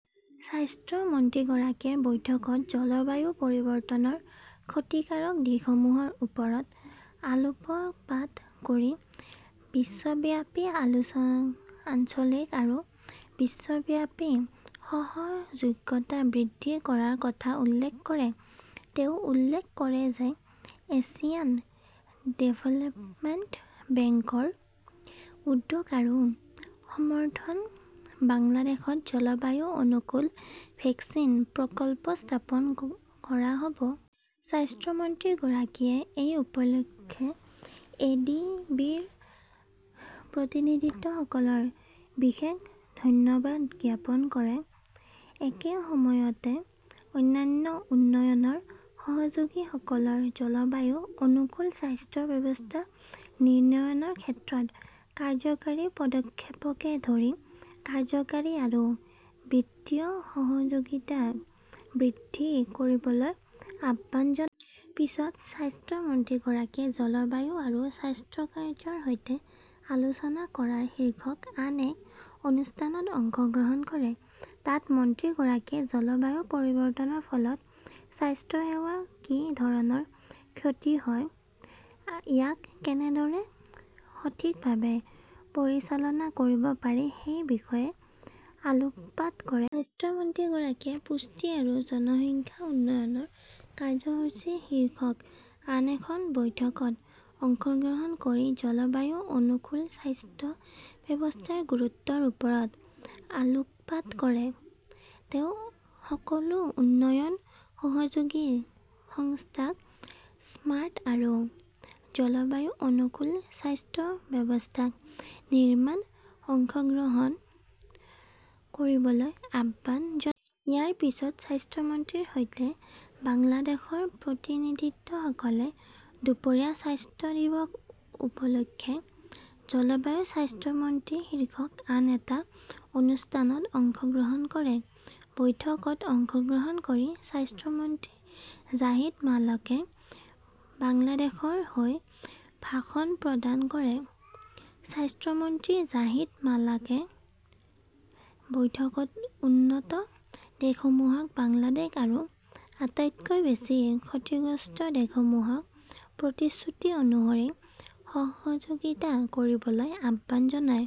স্বাস্থ্য মন্ত্ৰীগৰাকীয়ে বৈঠকত জলবায়ু পৰিৱৰ্তনৰ ক্ষতিকাৰক দিশসমূহৰ ওপৰত আলোকপাত কৰি বিশ্বব্যাপী আঞ্চলিক আৰু বিশ্বব্যাপী সহযোগিতা বৃদ্ধি কৰাৰ কথা উল্লেখ কৰে। তেওঁ উল্লেখ কৰে যে এছিয়ান ডেভেলপমেণ্ট বেংকৰ উদ্যোগ আৰু সমৰ্থনত বাংলাদেশত জলবায়ু অনুকূল ভেকচিন প্ৰকল্প স্থাপন কৰা হ 'ব। স্বাস্থ্য মন্ত্ৰীগৰাকীয়ে এই উপলক্ষে এ. ডি. বি. -ৰ প্ৰতিনিধিসকলক বিশেষ ধন্যবাদ জ্ঞাপন কৰে। একে সময়তে, অন্যান্য উন্নয়ন সহযোগীসকলক জলবায়ু অনুকূল স্বাস্থ্য ব্যৱস্থা নিৰ্মাণৰ ক্ষেত্ৰত কাৰ্যকৰী পদক্ষেপকে ধৰি কাৰিকৰী আৰু বিত্তীয় সহযোগিতা বৃদ্ধি কৰিবলৈ আহ্বান জনায়। পিছত স্বাস্থ্য মন্ত্ৰীগৰাকীয়ে জলবায়ু আৰু স্বাস্থ্য কাৰ্য্যৰ সৈতে আলোচনা কৰাৰ শীৰ্ষক আন এক অনুষ্ঠানত অংশগ্ৰহণ কৰে। তাত মন্ত্ৰীগৰাকীয়ে জলবায়ু পৰিৱৰ্তনৰ ফলত স্বাস্থ্যসেৱাৰ কি ধৰণৰ ক্ষতি হয় আৰু ইয়াক কেনেদৰে সঠিকভাৱে পৰিচালনা কৰিব পাৰি সেই বিষয়ে আলোকপাত কৰে। স্বাস্থ্য মন্ত্ৰীগৰাকীয়ে পুষ্টি আৰু জনসংখ্যা উন্নয়ন কাৰ্যসূচী শীৰ্ষক আন এখন বৈঠকত অংশগ্ৰহণ কৰি জলবায়ু অনুকূল স্বাস্থ্য ব্যৱস্থাৰ গুৰুত্বৰ ওপৰত আলোকপাত কৰে। তেওঁ সকলো উন্নয়ন সহযোগী সংস্থাক স্মাৰ্ট আৰু জলবায়ু অনুকূল স্বাস্থ্য ব্যৱস্থা নিৰ্মাণত অংশগ্ৰহণ কৰিবলৈ আহ্বান জনায়। ইয়াৰ পিছত স্বাস্থ্য মন্ত্ৰীৰ সৈতে বাংলাদেশৰ প্ৰতিনিধিসকলে দুপৰীয়া স্বাস্থ্য দিৱস উপলক্ষে 'জলবায়ু স্বাস্থ্য মন্ত্ৰী শীৰ্ষক আন এটা অনুষ্ঠানত অংশগ্ৰহণ কৰে। বৈঠকত অংশগ্ৰহণ কৰি স্বাস্থ্য মন্ত্ৰী জাহিদ মালেকে বাংলাদেশৰ হৈ ভাষণ প্ৰদান কৰে। স্বাস্থ্য মন্ত্ৰী জাহিদ মালেকে বৈঠকত উন্নত দেশসমূহক বাংলাদেশ আৰু আটাইতকৈ বেছি ক্ষতিগ্ৰস্ত দেশসমূহক প্ৰতিশ্ৰুতি অনুসৰি সহযোগিতা কৰিবলৈ আহ্বান জনায়।